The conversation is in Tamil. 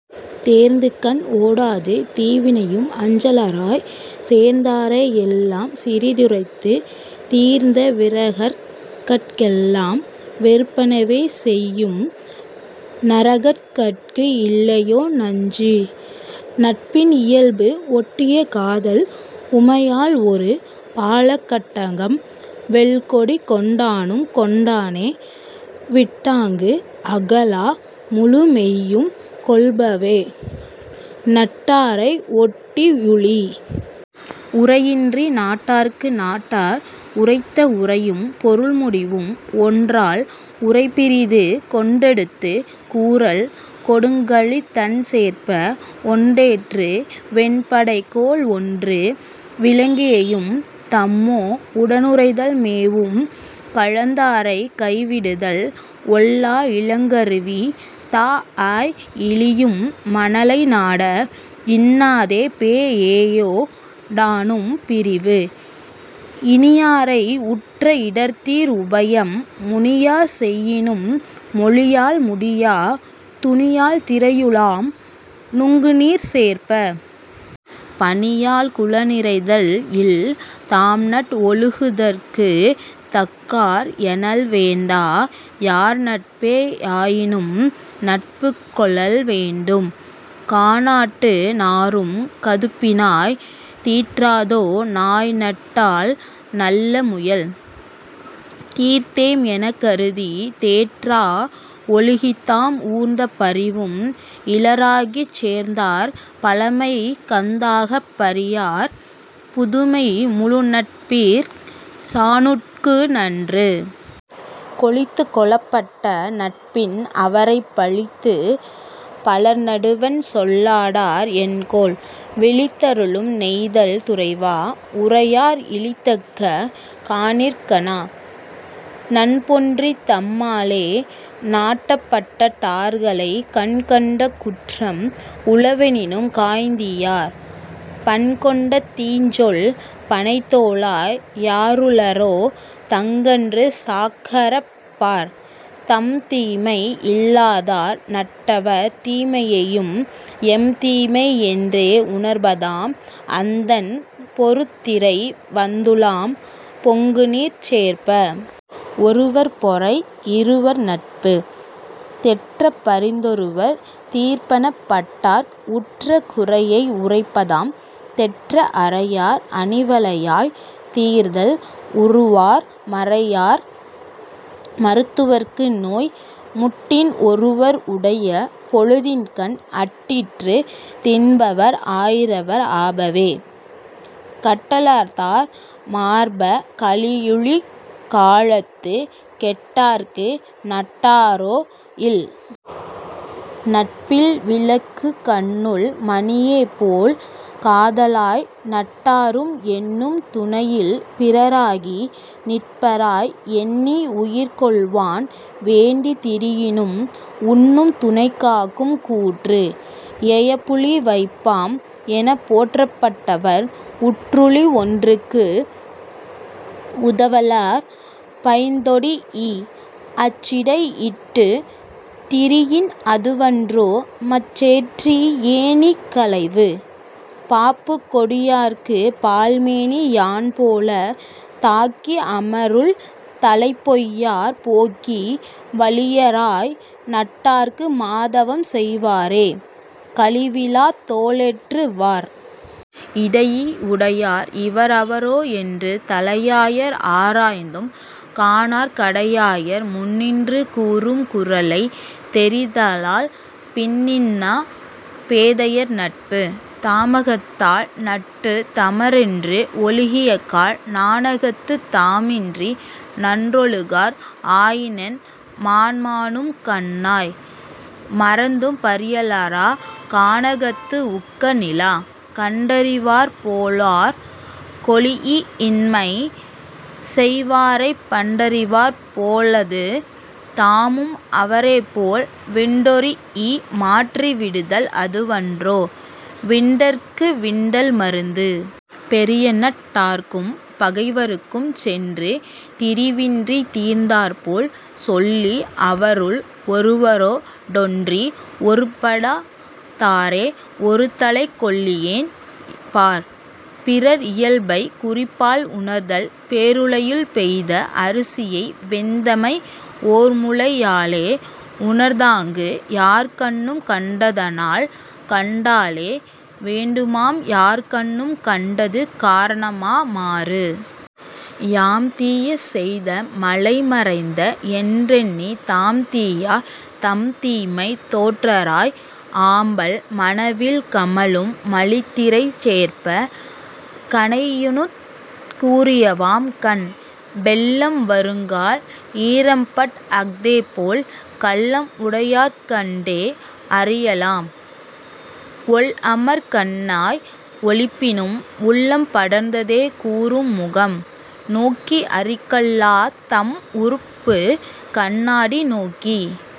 தேர்ந்துகண் ஓடாது தீவினையும் அஞ்சலராய்ச்। சேர்ந்தாரை யெல்லாம் சிறிதுரைத்துத் தீர்ந்த விரகர்கட் கெல்லாம் வெறுப்பனவே செய்யும் 'நரகர்கட்கு இல்லையோ நஞ்சு? '. நட்பின் இயல்பு ஒட்டிய காதல் 'உமையாள் ஒரு பாலக் கட்டங்கம் வெல்கொடி கொண்டானும் கொண்டானே' விட்டாங்கு அகலா முழுமெய்யும் கொள்பவே நட்டாரை ஒட்டி யுழி. புரையின்றி நட்டார்க்கு நட்டார் உரைத்த உரையும் பொருள்முடிவும் ஒன்றால் உரைபிறிது கொண்டெடுத்துக் கூறல் கொடுங்கழித் தண்சேர்ப்ப! 'ஒன்றேற்று வெண்படைக்கோள் ஒன்று'. விலங்கேயும் தம்மோ உடனுறைதல் மேவும் கலந்தாரைக் கைவிடுதல் ஒல்லா இலங்கருவி தாஅய் இழியும் மணலைநாட! 'இன்னாதே பேஎயோ டானும் பிரிவு'. இனியாரை உற்ற இடர்தீர் உபாயம் முனியார் செயினும் மொழியால் முடியா துனியால் திரையுலாம் நூங்குநீர்ச் சேர்ப்ப! 'பனியால் குளநிறைதல் இல்'. தாம்நட் ஒழுகுதற்குத் தக்கார் எனல்வேண்டா யார்நட்பே யாயினும் நட்புக் கொளல்வேண்டும் கானாட்டு நாறும் கதுப்பினாய்! 'தீற்றாதோ நாய்நட்டால் நல்ல முயல்? ' தீர்ந்தேம் எனக்கருதித் தேற்றா ஒழுகித்தாம் ஊர்ந்த பரிவும் இலராகிச் சேர்ந்தார் பழமை கந்தாகப் பரியார் புதுமை 'முழநட்பிற் சாணுட்கு நன்று'. கொழித்துக் கொளப்பட்ட நண்பின் அவரைப் பழித்துப் பலர்நடுவண் சொல்லாடார் என்கொல்? விழித்தருலும் நெய்தல் துறைவா! 'உரையார் இழித்தக்க காணிற் கனா'. நண்பொன்றித் தம்மாலே நாட்டப்பட்ட டார்களைக் கண்கண்ட குற்றம் உளவெனினும் காய்ந்தீயார் பண்கொண்ட தீஞ்சொல் பணைத்தோளாய்! 'யாருளரோ தங்கன்று சாக்கறப் பார்'. தம்தீமை இல்லாதார் நட்டவர் தீமையையும் எம்தீமை என்றே உணர்பதாம் அந்தண் பொருதிரை வந்துலாம் பொங்குநீர்ச் சேர்ப்ப! 'ஒருவர் பொறைஇருவர் நட்பு'. தெற்றப் பரிந்தொருவர் தீர்ப்பனப் பட்டார்க் உற்ற குறையை உரைப்பதாம் தெற்ற அறையார் அணிவளையாய்! தீர்தல் உறுவார் 'மறையார் மருத்துவர்க்கு நோய்'. முட்டின் ஒருவர் உடைய பொழுதின்கண் அட்டிற்றுத் தின்பவர் ஆயிரவர் ஆபவே கட்டலர்தார் மார்ப! கலியூழிக் காலத்துக் 'கெட்டார்க்கு நட்டாரோ இல்'.. நட்பில் விலக்கு கண்ணுள் மணியேபோல் காதலாய் நட்டாரும் எண்ணும் துணையில் பிறராகி நிற்பராய் எண்ணிஉயிர் கொள்வான் வேண்டித் திரியினும் 'உண்ணும் துணைக்காக்கும் கூற்று'. எயப்புலி வைப்பாம் எனப்போற்றப் பட்டவர் உற்றுழி ஒன்றுக்கு உதவலர் பைந்தொடீஇ! அச்சிடை இட்டுத் திரியின் அதுவன்றோ 'மச்சேற்றி ஏணி களைவு. ' பாப்புக் கொடியாற்குப் பால்மேனி யான்போலத் தாக்கி அமருள் தலைப் பெய்யார் போக்கி வழியராய் நட்டார்க்கு மாதவம் செய்வாரே 'கழிவிழாத் தோளேற்று வார்'. இடையீ உடையார் இவர்அவரோ என்று தலையாயர் ஆராய்ந்தும் காணார் கடையாயர் முன்னின்று கூறும் குறளை தெரிதலால் 'பின்னின்னா பேதையார் நட்பு. ' தாமகத்தால் நட்டுத் தமரென்று ஒழுகியக்கால் நாணகத்துத் தாமின்றி நன்றொழுகார் ஆயினென் மான்மானும் கண்ணாய்! மறந்தும் பரியலரா 'கானகத்து உக்க நிலா'. கண்டறிவார் போலார் கெழீஇயின்மை செய்வாரைப் பண்டறிவார் போலாது தாமும் அவரேபோல் விண்டொரீஇ மாற்றி விடுதல் அதுவன்றோ 'விண்டற்கு விண்டல் மருந்து'. பெரியநட் டார்க்கும் பகைவர்க்கும் சென்று திரிவின்றித் தீர்ந்தார்போல் சொல்லி அவருள் ஒருவரோ டொன்றி ஒருப்படா தாரே 'இருதலைக் கொள்ளியென் பார்'.. பிறர் இயல்பைக் குறிப்பால் உணர்தல் பேருலையுள் பெய்த அரிசியை வெந்தமை ஓர்மூலையாலே உணர்ந்தாங்கு யார்கண்ணும் கண்டதனால் காண்டலே வேண்டுமாம் யார்கண்ணும் 'கண்டது காரணம்ஆ மாறு. ' யாம்தீய செய்த மலைமறைந்த என்றெண்ணித் தாம்தீயா தம்தீமை தேற்றாராய் ஆம்பல் மணவில் கமழும் மலிதிரைச் சேர்ப்ப! 'கணையினுந் கூரியவாம் கண்'. வெள்ளம் வருங்கால் ஈரம்பட் அஃதேபோல் கள்ளம் உடையாருக் கண்டே அறியலாம் ஒள்அமர் கண்ணாய்! ஒளிப்பினும் 'உள்ளம் படர்ந்ததே கூறும் முகம்'. நோக்கி அறிகல்லாத் தம்உறுப்பு கண்ணாடி நோக்கி